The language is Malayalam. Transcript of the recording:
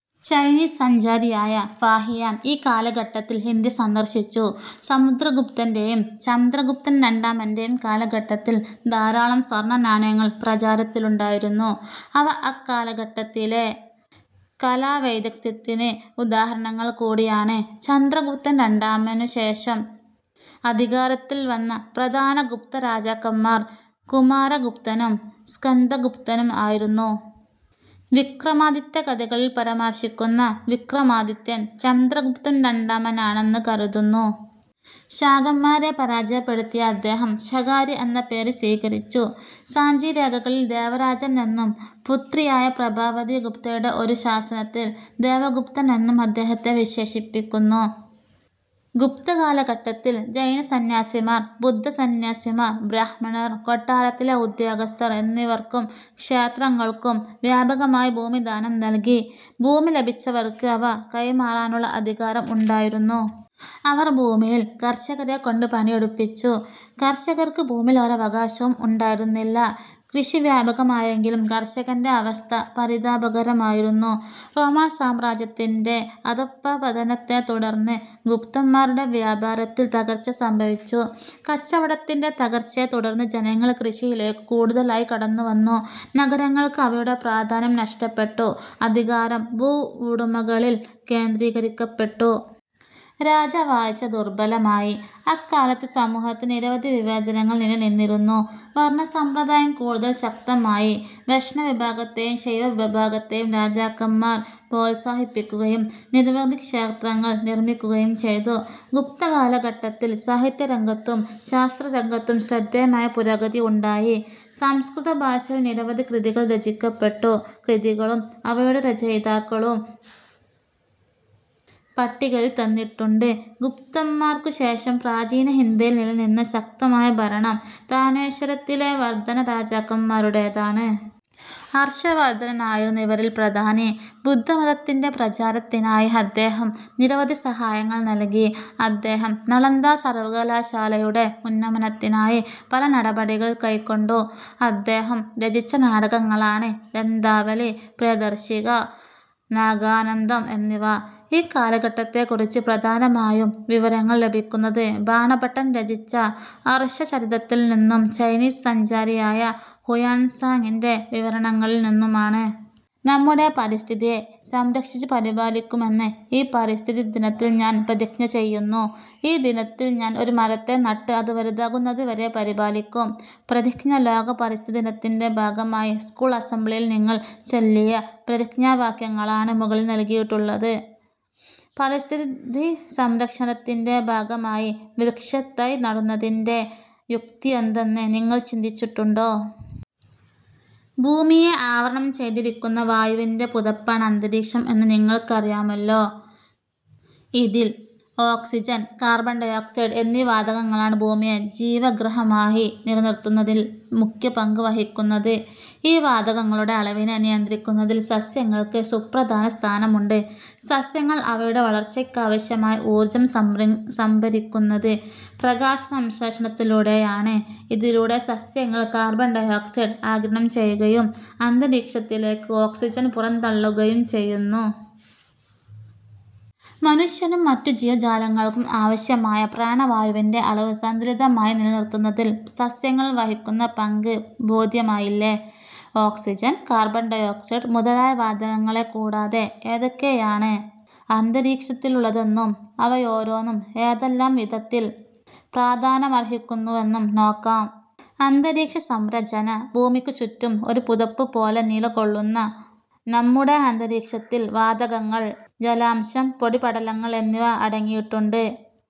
ചൈനീസ് സഞ്ചാരിയായ ഫാഹിയാൻ ഈ കാലഘട്ടത്തിൽ ഇന്ത്യ സന്ദർശിച്ചു. സമുദ്രഗുപ്തന്റെയും ചന്ദ്രഗുപ്തൻ രണ്ടാമന്റെയും കാലഘട്ടത്തിൽ ധാരാളം സ്വർണ നാണയങ്ങൾ പ്രചാരത്തിലുണ്ടായിരുന്നു. അവ അക്കാലഘട്ടത്തിലെ കലാവൈദഗ്ധ്യത്തിന് ഉദാഹരണങ്ങൾ കൂടിയാണ്. ചന്ദ്രഗുപ്തൻ രണ്ടാമനു ശേഷം അധികാരത്തിൽ വന്ന പ്രധാന ഗുപ്തരാജാക്കന്മാർ കുമാരഗുപ്തനും സ്കന്ദഗുപ്തനും ആയിരുന്നു. വിക്രമാദിത്യ കഥകളിൽ പരാമർശിക്കുന്ന വിക്രമാദിത്യൻ ചന്ദ്രഗുപ്തൻ രണ്ടാമനാണെന്ന് കരുതുന്നു. ശാകന്മാരെ പരാജയപ്പെടുത്തിയ അദ്ദേഹം ""ശകാരി' എന്ന പേര് സ്വീകരിച്ചു. സാഞ്ചിരേഖകളിൽ ""ദേവരാജൻ എന്നും പുത്രിയായ പ്രഭാവതി ഗുപ്തയുടെ ഒരു ശാസനത്തിൽ "ദേവഗുപ്തൻ' എന്നും അദ്ദേഹത്തെ വിശേഷിപ്പിക്കുന്നു. ഗുപ്തകാലഘട്ടത്തിൽ ജൈനസന്ന്യാസിമാർ, ബുദ്ധ സന്ന്യാസിമാർ, ബ്രാഹ്മണർ, കൊട്ടാരത്തിലെ ഉദ്യോഗസ്ഥർ എന്നിവർക്കും ക്ഷേത്രങ്ങൾക്കും വ്യാപകമായി ഭൂമി ദാനം നൽകി. ഭൂമി ലഭിച്ചവർക്ക് അവ കൈമാറാനുള്ള അധികാരം ഉണ്ടായിരുന്നു. അവർ ഭൂമിയിൽ കർഷകരെക്കൊണ്ട് പണിയെടുപ്പിച്ചു. കർഷകർക്ക് ഭൂമിയിൽ ഒരവകാശവും ഉണ്ടായിരുന്നില്ല. കൃഷി വ്യാപകമായെങ്കിലും കർഷകന്റെ അവസ്ഥ പരിതാപകരമായിരുന്നു. റോമാസാമ്രാജ്യത്തിന്റെ അധപ്പപതനത്തെത്തുടർന്ന് ഗുപ്തന്മാരുടെ വ്യാപാരത്തിൽ തകർച്ച സംഭവിച്ചു. കച്ചവടത്തിന്റെ തകർച്ചയെ തുടർന്ന് ജനങ്ങൾ കൃഷിയിലേക്കു കൂടുതലായി കടന്നുവന്നു. നഗരങ്ങൾക്ക് അവയുടെ പ്രാധാന്യം നഷ്ടപ്പെട്ടു. അധികാരം ഭൂവുടമകളിൽ കേന്ദ്രീകരിക്കപ്പെട്ടു. രാജവാഴ്ച ദുർബലമായി. അക്കാലത്ത് സമൂഹത്തിൽ നിരവധി വിവേചനങ്ങൾ നിലനിന്നിരുന്നു. വർണസമ്പ്രദായം കൂടുതൽ ശക്തമായി. വൈഷ്ണവിഭാഗത്തെയും ശൈവവിഭാഗത്തെയും രാജാക്കന്മാർ പ്രോത്സാഹിപ്പിക്കുകയും നിരവധി ക്ഷേത്രങ്ങൾ നിർമിക്കുകയും ചെയ്തു. ഗുപ്തകാലഘട്ടത്തിൽ സാഹിത്യരംഗത്തും ശാസ്ത്രരംഗത്തും ശ്രദ്ധേയമായ പുരോഗതിയുണ്ടായി. സംസ്കൃതഭാഷയിൽ നിരവധി കൃതികൾ രചിക്കപ്പെട്ടു. കൃതികളും അവയുടെ രചയിതാക്കളും പട്ടികയിൽ തന്നിട്ടുണ്ട്. ഗുപ്തന്മാർക്കുശേഷം പ്രാചീന ഇന്ത്യയിൽ നിലനിന്ന ശക്തമായ ഭരണം താനേശ്വരത്തിലെ വർധനരാജാക്കന്മാരുടേതാണ്. ഹർഷവർധനനായിരുന്നു ഇവരിൽ പ്രധാനി. ബുദ്ധമതത്തിന്റെ പ്രചാരത്തിനായി അദ്ദേഹം നിരവധി സഹായങ്ങൾ നൽകി. അദ്ദേഹം നളന്ദ സർവകലാശാലയുടെ ഉന്നമനത്തിനായി പല നടപടികൾ കൈക്കൊണ്ടു. അദ്ദേഹം രചിച്ച നാടകങ്ങളാണ് രത്നാവലി, പ്രിയദർശിക, നാഗാനന്ദം എന്നിവ. ഈ കാലഘട്ടത്തെക്കുറിച്ച് പ്രധാനമായും വിവരങ്ങൾ ലഭിക്കുന്നത് ബാണ ഭട്ടൻ രചിച്ച "ഹർഷചരിതത്തിൽ നിന്നും ചൈനീസ് സഞ്ചാരിയായ ഹുയാൻസാങിന്റെ വിവരണങ്ങളിൽ നിന്നുമാണ്. നമ്മുടെ പരിസ്ഥിതിയെ സംരക്ഷിച്ചു പരിപാലിക്കുമെന്ന് ഈ പരിസ്ഥിതി ദിനത്തിൽ ഞാൻ പ്രതിജ്ഞ ചെയ്യുന്നു. ഈ ദിനത്തിൽ ഞാൻ ഒരു മരത്തെ നട്ട് അത് വലുതാകുന്നതുവരെ പരിപാലിക്കും. -പ്രതിജ്ഞ ലോക പരിസ്ഥിതിദിനത്തിന്റെ ഭാഗമായി സ്കൂൾ അസംബ്ലിയിൽ നിങ്ങൾ ചൊല്ലിയ പ്രതിജ്ഞാവാക്യങ്ങളാണ് മുകളിൽ നൽകിയിട്ടുള്ളത്. പരിസ്ഥിതിസംരക്ഷണത്തിന്റെ ഭാഗമായി വൃക്ഷത്തൈ നടുന്നതിന്റെ യുക്തി യെന്തെന്ന് നിങ്ങൾ ചിന്തിച്ചിട്ടുണ്ടോ? ഭൂമിയെ ആവരണം ചെയ്തിരിക്കുന്ന വായുവിന്റെ പുതപ്പാണ് അന്തരീക്ഷം എന്നു നിങ്ങൾക്കറിയാമല്ലോ. ഇതിൽ ഓക്സിജൻ, കാർബൺ ഡയോക്സൈഡ് എന്നീ വാതകങ്ങളാണ് ഭൂമിയെ ജീവഗൃഹമായി നിലനിർത്തുന്നതിൽ മുഖ്യ പങ്കുവഹിക്കുന്നത്. ഈ വാതകങ്ങളുടെ അളവിനെ നിയന്ത്രിക്കുന്നതിൽ സസ്യങ്ങൾക്ക് സുപ്രധാന സ്ഥാനമുണ്ട്. സസ്യങ്ങൾ അവയുടെ വളർച്ചയ്ക്കാവശ്യമായ ഊർജം സംഭരിക്കുന്നത് പ്രകാശസംശ്ലേഷണത്തിലൂടെയാണ്. ഇതിലൂടെ സസ്യങ്ങൾ കാർബൺ ഡയോക്സൈഡ് ആഗിരണം ചെയ്യുകയും അന്തരീക്ഷത്തിലേക്ക് ഓക്സിജൻ പുറന്തള്ളുകയും ചെയ്യുന്നു. മനുഷ്യനും മറ്റു ജീവജാലങ്ങൾക്കും ആവശ്യമായ പ്രാണവായുവിന്റെ അളവ് സന്തുലിതമായി നിലനിർത്തുന്നതിൽ സസ്യങ്ങൾ വഹിക്കുന്ന പങ്ക് ബോധ്യമായില്ലേ. ഓക്സിജൻ, കാർബൺ ഡയോക്സൈഡ് മുതലായ വാതകങ്ങളെ കൂടാതെ ഏതൊക്കെയാണ് അന്തരീക്ഷത്തിലുള്ളതെന്നും അവയോരോന്നും ഏതെല്ലാം വിധത്തിൽ പ്രാധാന്യമർഹിക്കുന്നുവെന്നും നോക്കാം. അന്തരീക്ഷസംരചന ഭൂമിക്കുചുറ്റും ഒരു പുതപ്പു പോലെ നിലകൊള്ളുന്ന നമ്മുടെ അന്തരീക്ഷത്തിൽ വാതകങ്ങൾ, ജലാംശം, പൊടിപടലങ്ങൾ എന്നിവ അട ങ്ങിയിട്ടുണ്ട്.